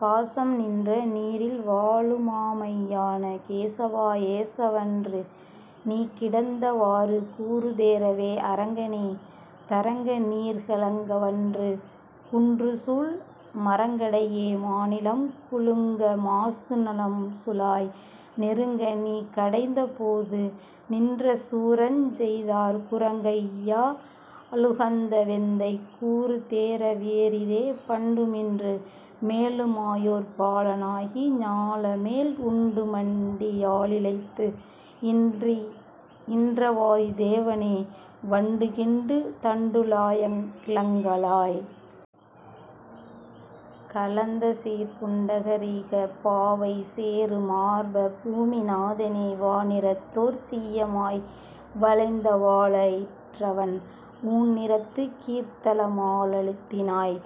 பாசம்நின்ற நீரில்வாழு மாமையான கேசவா, ஏசவன்று நீகிடந்த வாறுகூறு தேறவே. அரங்கனே. த ரங்கநீர்க லங்கவன்று குன்றுசூழ், மரங்கடேய மாநிலம்கு லுங்கமாசு ணம்சுலாய், நெருங்கநீ கடைந்தபோது நின்றசூர ரெஞ்செய்தார், குரங்கையா ளுகந்தவெந்தை. கூறுதேற வேறிதே. பண்டுமின்று மேலுமாயொர் பாலனாகி ஞாலமேழ், உண்டுமண்டி யாலிலைத்து யின்றவாதி தேவனே, வண்டுகிண்டு தண்டுழாய லங்கலாய். க லந்தசீர்ப், புண்டரீக பாவைசேரு மார்ப. பூமி நாதனே. வானிறத்தொர் சீயமாய்வ ளைந்தவாளெ யிற்றவன், ஊன்நிறத்து கிர்த்தலம ழுத்தினாய்.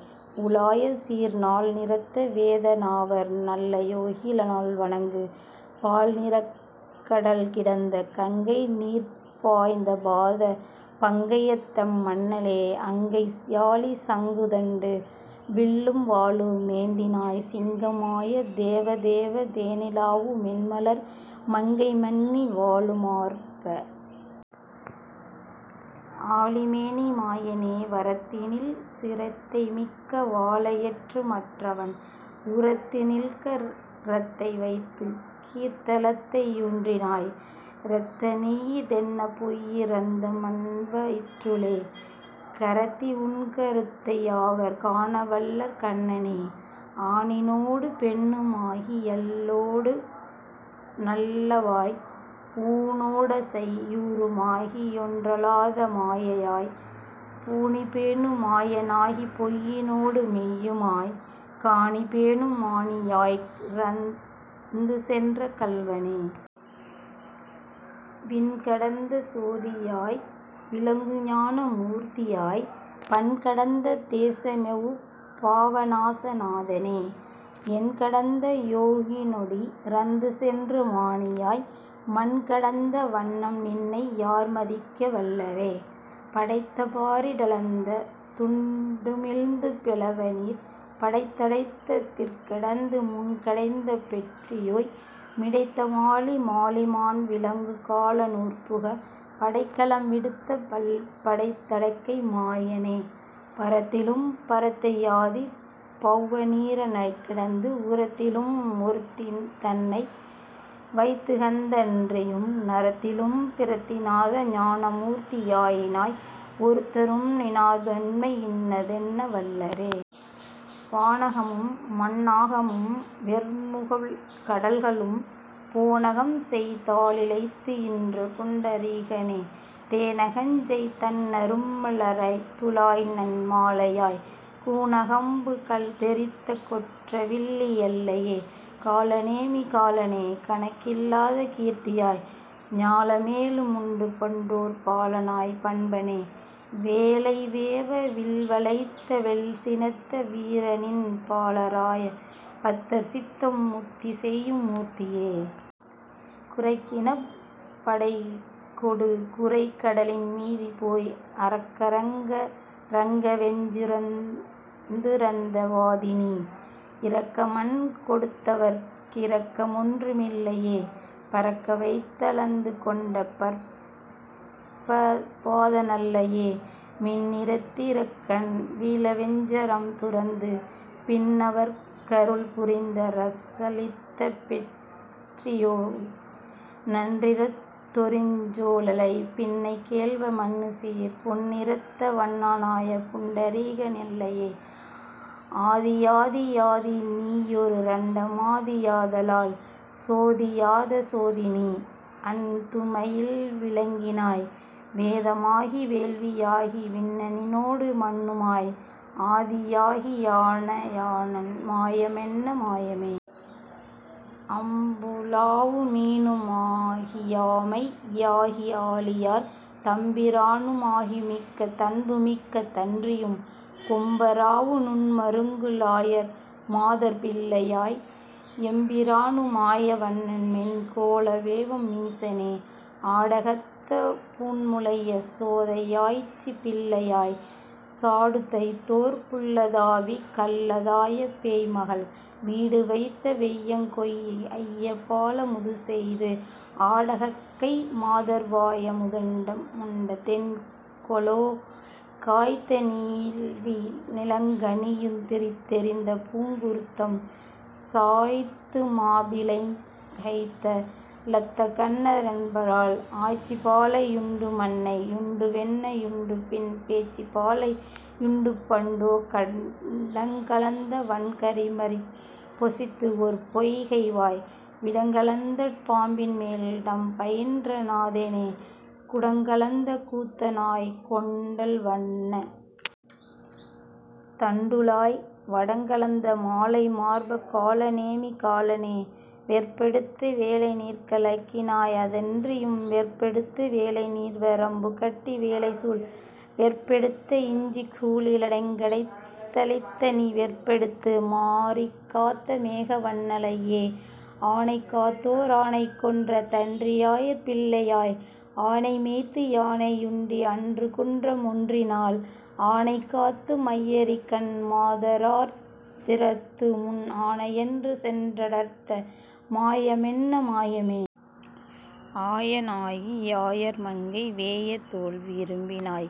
உ லாயசீர், நால்நிறத்த வேதநாவர் நல்லயோகி னால்வணங்கு, பால்நிறக்க டல்கிடந்த கங்கைநீர்ப யந்தபாத பங்கயத்தெம் மண்ணலே, அங்கையாழி சங்குதண்டு வில்லும்வாளு மேந்தினாய், சிங்கமாய தேவதேவ. தேனுலாவு மென்மலர், மங்கைமன்னி வாழுமார்ப. ஆழிமேனி மாயனே. வரத்தினில்சி ரத்தைமிக்க வாளெயிற்று மற்றவன், உரத்தினில்க ரத்தைவைத்து கிர்த்தலத்தை யூன்றினாய், இரத்தநீயி தென்னபொய்யி ரந்தமண்வ யிற்றுளே கரத்தி, உன்க ருத்தையாவர் காணவல்லர் கண்ணனே. ஆணினோடு பெண்ணுமாகி யல்லவோடு நல்லவாய், ஊணொடோ சை யூறுமாகி யொன்றலாத மாயையாய், பூணிபேணு மாயனாகிப் பொய்யினோடு மெய்யுமாய், காணிபேணும் மாணியாய்க்க ரந்துசென்ற கள்வனே. விண்கடந்த சோதியாய்வி ளங்குஞான மூர்த்தியாய், பண்கடந்த தேசமேவு பாவநாச நாதனே, எண்கடந்த யோகினோடி ரந்துசென்று மாணியாய், மண்கடந்த வண்ணம்நின்னை யார்மதிக்க வல்லரே? படைத்தபாரி டந்தளந்த துண்டுமிழ்ந்து பௌவநீர், படைத்தடைத்த திற்கிடந்து முன்கடைந்த பெற்றியோய், மிடைத்தமாலி மாலிமான்வி லங்குகால னூர்புக, படைக்கலம் விடுத்தபல்ப டைத்தடக்கை மாயனே. பரத்திலும்ப ரத்தையாதி பௌவநீர ணைக்கிடந்து, உரத்திலும்மொ ருத்திதன்னை வைத்துகந்த தன்றியும், நரத்திலும்பி றத்திநாத ஞானமூர்த்தி யாயினாய், ஒருத்தரும்நி னாதுதன்மை யின்னதென்ன வல்லரே. வானகம்மும் மண்ணாகம்மும் வெற்புமேழ்க டல்களும், போனகம்செய் தாலிலைத்து யின்றபுண்ட ரீகனே, தேனகஞ்செய் தண்ணறும்ம லர்த்துழாய்நன் மாலையாய், கூனகம்பு கத்தெறித்த கொற்றவில்லி யல்லையே? காலநேமி காலனே. கணக்கிலாத கீர்த்தியாய், ஞாலமேழு முண்டுபண்டோ ர் பாலனாய பண்பனே, வேலைவேவ வில்வளைத்த வெல்சினத்த வீர, நின் பாலராய பத்தர்சித்தம் முத்திசெய்யும் மூர்த்தியே. குரக்கினப்ப டைகொடுகு ரைகடலின் மீதுபோய் அரக்கரங்க ரங்கவெஞ்ச ரந்துரந்த வாதிநீ, இரக்கமண்கொ டுத்தவற்கி ரக்கமொன்று மின்றியே, பரக்கவைத்த ளந்துகொண்ட பற்பபாத னல்லையே? மின்னிறத்தெ யிற்றரக்கன் வீழவெஞ்ச ரம்துரந்து, பின்னவற்க ருள்புரிந்த ரசளித்த பெற்றியோய், நன்னிறத்தொ ரிஞ்சொலேழை பின்னைகேள்வ. மன்னுசீர், பொன்னிறத்த வண்ணானாய புண்டரீக னல்லையே? ஆதியாதி யாதிநீயொ ரண்டமாதி யாதலால், சோதியாத சோதிநீஅ துண்மையில்வி ளங்கினாய், வேதமாகி வேள்வியாகி விண்ணினோடு மண்ணுமாய் ஆதியாகி யாயனாய மாயமென்ன மாயமே? அம்புலாவு மீனுமாகி யாமையாகி ஆழியார், தம்பிரானு மாகிமிக்க தன்புமிக்க தன்றியும் கொம்பராவு நுண்மருங்கு லாயர்மாதர் பிள்ளையாய் எம்பிரானு மாயவண்ண மென்கொலோவெம் மீசனே. ஆடகத்த பூண்முலைய சோதையாய்ச்சி பிள்ளையாய் சாடுதைத்தோர் புள்ளதாவி கள்ளதாய பேய்மகள் வீடுவைத்த வெய்யகொங்கை ஐயபால முதுசெய்து, ஆடகக்கை மாதர்வா யமுதமுண்ட தென்கொலோ? காய்த்தநீள்வி ளங்கனியு திர்த்தெதிர்ந்த பூங்குருந்தம் சாய்த்து, மாபி ளந்தகைத்த லத்தகண்ண னென்பரால் ஆய்ச்சிபாலை யுண்டுமண்ணை யுண்டுவெண்ணெ யுண்டு, பின் பேய்ச்சிபாலை யுண்டுபண்டொ கடங்கலந்த வன்கரிம ருப்பொசித்துஓர் பொய்கைவாய், விடங்கலந்த பாம்பின்மேல்ந டம்பயின்ற நாதனே குடங்கலந்த கூத்தனாய கொண்டல்வண்ண. தண்டுழாய், வடங்கலந்த மாலைமார்ப. காலநேமி காலனே. வெற்பெடுத்து வேலைநீர்க லக்கினாய்அ தன்றியும், வெற்பெடுத்து வேலைநீர்வ ரம்புகட்டி வேலைசூழ், வெற்பெடுத்த இஞ்சிசூழி லங்கைகட்ட ழித்தநீ வெற்பெடுத்து மாரிகாத்த மேகவண்ண னல்லையே. ஆனைகாத்தொ ரானைகொன்ற தன்றியாயர் பிள்ளையாய், ஆனைமேய்த்தி யானெயுண்டி அன்றுகுன்ற மொன்றினால், ஆனைகாத்து மையரிக்கண் மாதரார்தி றத்து, முன் ஆனையன்று சென்றடர்த்த மாயமென்ன மாயமே? ஆயனாகி யாயர்மங்கை வேயதோள்வி ரும்பினாய்,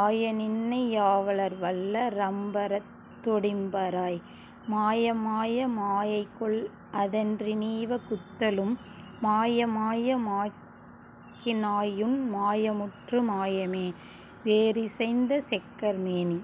ஆய. நின்னை யாவர்வல்ல ரம்பரத்தொ டிம்பராய், மாய. மாய மாயைகொல்அ தன்றிநீவ குத்தலும், மாயமாய மாக்கினாயுன் மாயமுற்று மாயமே. வேறிசைந்த செக்கர்மேனி